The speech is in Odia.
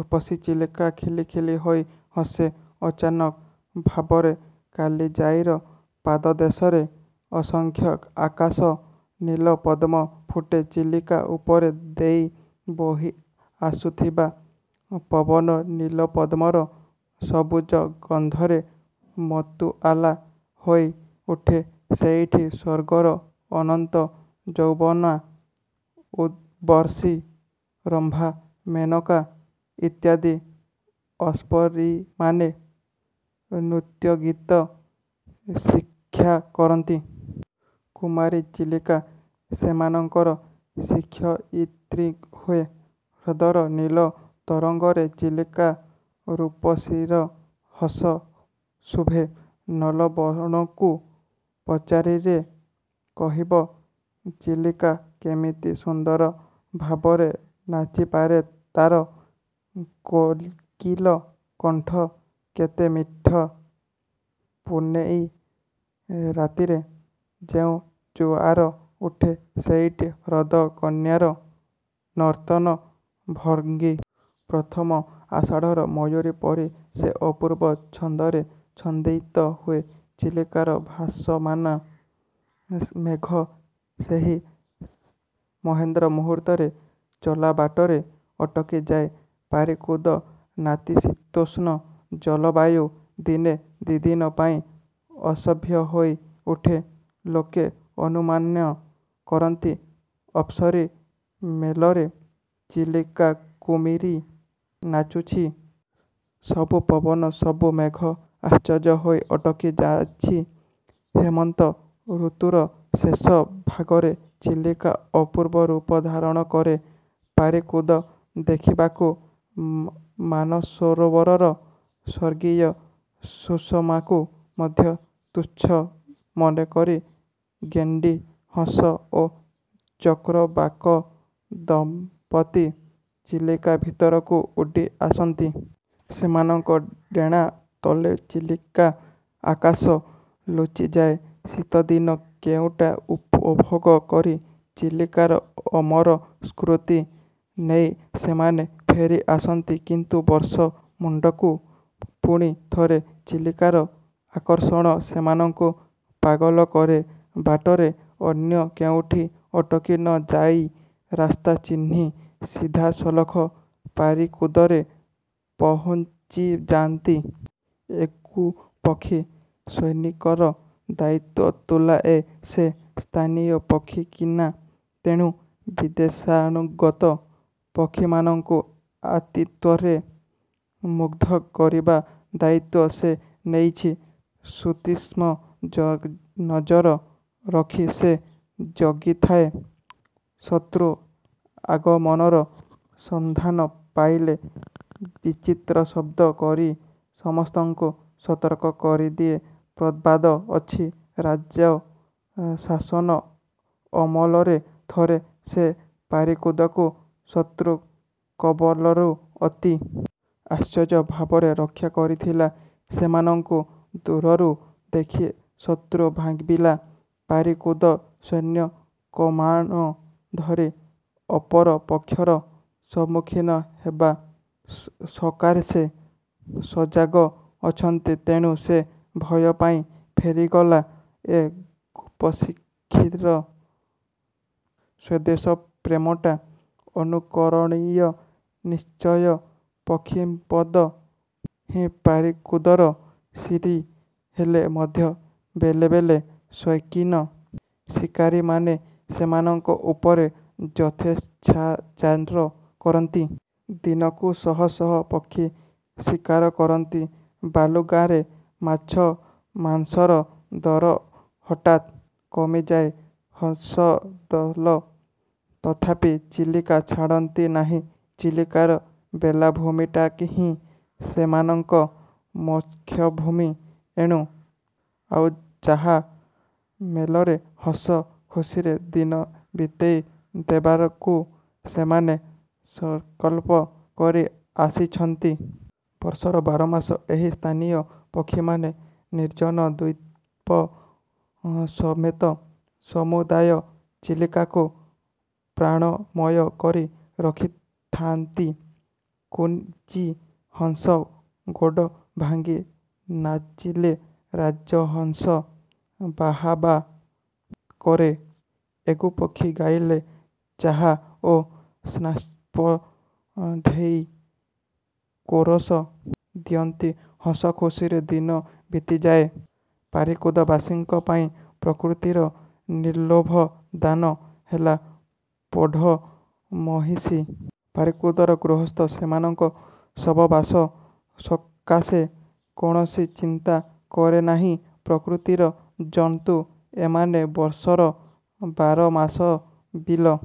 ରୂପସୀ ଚିଲିକା ଖିଲି ଖିଲି ହୋଇ ହସେ। ଅଚାନକ ଭାବରେ କାଳିଜାଈର ପାଦଦେଶରେ ଅସଂଖ୍ୟ ଆକାଶ–ନୀଳ–ପଦ୍ମ ଫୁଟେ। ଚିଲିକା ଉପର ଦେଇ ବୋହିଆସୁଥିବା ପବନ, ନୀଳପଦ୍ମର ସବୁଜ ଗନ୍ଧରେ ମତୁଆଲା ହୋଇ ଉଠେ। ସେଇଠି ସ୍ୱର୍ଗର ଅନନ୍ତ ଯୌବନା ଉର୍ବଶୀ, ରମ୍ଭା, ମେନକା ଇତ୍ୟାଦି ଅପ୍ସରୀମାନେ ନୃତ୍ୟଗୀତ ଶିକ୍ଷା କରନ୍ତି। କୁମାରୀ ଚିଲିକା ସେମାନଙ୍କର ଶିକ୍ଷୟିତ୍ରୀ ହୁଏ। ହ୍ରଦର ନୀଳ ତରଙ୍ଗରେ ଚିଲିକା ରୂପସୀର ହସ ଶୁଭେ। ନଳବଣକୁ ପଚାରିଲେ କହିବ, ଚିଲିକା କେମିତି ସୁନ୍ଦର ଭାବରେ ନାଚିପାରେ। ତାର କୋକିଳ–କଣ୍ଠ କେତେ ମିଠା! ପୂନେଇ ରାତିରେ ଯେଉଁ ଜୁଆର ଉଠେ, ସେଇଟି ହ୍ରଦ–କନ୍ୟାର ନର୍ତ୍ତନ ଭଙ୍ଗୀ। ପ୍ରଥମ ଆଷାଢ଼ର ମୟୂରୀ ପରି ସେ ଅପୂର୍ବ ଛନ୍ଦରେ ଛନ୍ଦାୟିତ ହୁଏ। ଚିଲିକାର ଭାସମାନ ମେଘ ସେହି ମାହେନ୍ଦ୍ର ମୂହୂର୍ତ୍ତରେ ଚଲାବାଟରେ ଅଟକି ଯାଏ। ପାରିକୁଦର ନାତିଶୀତୋଷ୍ଣ ଜଳବାୟୁ ଦିନେ ଦି'ଦିନ ପାଇଁ ଅସହ୍ୟ ହୋଇ ଉଠେ। ଲୋକେ ଅନୁମାନ କରନ୍ତି, ଅପ୍ସରୀ ମେଳରେ ଚିଲିକା-କୁମାରୀ ନାଚୁଛି। ସବୁ ପବନ, ସବୁ ମେଘ ଆଶ୍ଚର୍ଯ୍ୟ ହୋଇ ଅଟକି ଯାଇଛି। ହେମନ୍ତ ଋତୁର ଶେଷ ଭାଗରେ ଚିଲିକା ଅପୂର୍ବ ରୂପ ଧାରଣ କରେ। ପାରିକୁଦ ଦେଖିବାକୁ, ମାନସରୋବରର ସ୍ୱର୍ଗୀୟ ସୁଷମାକୁ ମଧ୍ୟ ତୁଚ୍ଛ ମନେ କରି ଗେଣ୍ଡି, ହଂସ ଓ ଚକ୍ରବାକ ଦମ୍ପତ୍ତି ଚିଲିକା ଭିତରକୁ ଉଡ଼ି ଆସନ୍ତି। ସେମାନଙ୍କ ଡେଣା ତଳେ ଚିଲିକା ଆକାଶ ଲୁଚିଯାଏ। ଶୀତଦିନ କେଇଟା ଉପଭୋଗ କରି ଚିଲିକାର ଅମର ସ୍ମୃତି ନେଇ ସେମାନେ ଫେରି ଯାଆନ୍ତି। କିନ୍ତୁ ବର୍ଷ ମୁଣ୍ଡକୁ ପୁଣି ଥରେ ଚିଲିକାର ଆକର୍ଷଣ ସେମାନଙ୍କୁ ପାଗଳ କରେ। ବାଟରେ ଅନ୍ୟ କେଉଁଠି ଅଟକି ନ ଯାଇ ରାସ୍ତା ଚିହ୍ନି ସିଧାସଳଖ ପାରିକୁଦରେ ପହୁଞ୍ଚିଯାନ୍ତି। ଏଗୁପକ୍ଷୀ ସୈନିକର ଦାୟିତ୍ୱ ତୁଲାଏ। ସେ ସ୍ଥାନୀୟ ପକ୍ଷୀ କିନା, ତେଣୁ ବିଦେଶାଗତ ପକ୍ଷୀମାନଙ୍କୁ ଆତିଥ୍ୟରେ ମୁଗ୍ଧ କରିବା ଦାୟିତ୍ୱ ସେ ନେଇଛି। ସୁତୀକ୍ଷ୍ଣ ନଜର ରଖି ସେ ଜଗିଥାଏ। ଶତ୍ରୁ ଆଗମନର ସନ୍ଧାନ ପାଇଲେ ବିଚିତ୍ର ଶବ୍ଦ କରି ସମସ୍ତଙ୍କୁ ସତର୍କ କରିଦିଏ। ପ୍ରବାଦ ଅଛି, ରାଜ–ଶାସନ ଅମଳରେ ଥରେ ସେ ପାରିକୁଦକୁ ଶତ୍ରୁ କବଳରୁ ଅତି। ଆଶ୍ଚର୍ଯ୍ୟ ଭାବରେ ରକ୍ଷା କରିଥିଲା। ସେମାନଙ୍କୁ ଦୂରରୁ ଦେଖି ଶତ୍ରୁ ଭାବିଲା ପାରିକୁଦ ସୈନ୍ୟ କମାଣ ଧରି ଅପର ପକ୍ଷର ସମ୍ମୁଖୀନ ହେବା ସକାଶେ ସଜାଗ ଅଛନ୍ତି। ତେଣୁ ସେ ଭୟ ପାଇ ଫେରିଗଲା। ଏଗୁପକ୍ଷୀର ସ୍ୱଦେଶ ପ୍ରେମଟା ଅନୁକରଣୀୟ ନିଶ୍ଚୟ! ପକ୍ଷୀସମ୍ପଦ ହିଁ ପାରିକୁଦର ଶୀରି ହେଲେ ମଧ୍ୟ ବେଳେ ବେଳେ ସୌକିନ ଶିକାରୀମାନେ ସେମାନଙ୍କ ଉପରେ ଯଥେଚ୍ଛାଚାର କରନ୍ତି। ଦିନକୁ ଶହ ଶହ ପକ୍ଷୀ ଶିକାର କରନ୍ତି-। ବାଲୁଗାଁରେ ମାଛ ମାଂସର ଦର ହଠାତ୍ କମିଯାଏ। ହଂସଦଳ ତଥାପି ଚିଲିକା ଛାଡ଼ନ୍ତି ନାହିଁ। ଚିଲିକାର ବେଳାଭୂମିଟାହିଁ ସେମାନଙ୍କ ମୋକ୍ଷଭୂମି। 'ଏଗୁ' ଆଉ 'ଚାହା' ମେଳରେ ହସ ଖୁସିରେ ଦିନ ବିତେଇ ଦେବାକୁ ସେମାନେ ସଂକଳ୍ପ କରି ଆସିଛନ୍ତି। ବର୍ଷର ବାରମାସ ଏହି ସ୍ଥାନୀୟ ପକ୍ଷୀମାନେ ନିର୍ଜନ ଦ୍ୱୀପ ସମେତ ସମୁଦାୟ ଚିଲିକାକୁ ପ୍ରାଣମୟ କରି ରଖିଥାଆନ୍ତି। କୁଜୀ ହଂସ ଗୋଡ଼ ଭାଙ୍ଗି ନାଚିଲେ ରାଜହଂସ ବାହାବା କରେ। ଏଗୁପକ୍ଷୀ ଗାଇଲେ ଚାହା ଓ ସ୍ନାପ୍ଚଢ଼େଇ କୋରସ୍ ଦିଅନ୍ତି। ହସ ଖୁସିରେ ଦିନ ବିତିଯାଏ। ପାରିକୁଦବାସୀଙ୍କ ପାଇଁ ପ୍ରକୃତିର ନିର୍ଲୋଭ ଦାନ ହେଲା ପୋଢ଼ ମହିଷୀ। ପାରିକୁଦର ଗୃହସ୍ଥ ସେମାନଙ୍କ ବସବାସ ସକାଶେ କୌଣସି ଚିନ୍ତା କରେନାହିଁ। ପ୍ରକୃତିର ଜନ୍ତୁ ଏମାନେ। ବର୍ଷର ବାରମାସ ବିଲ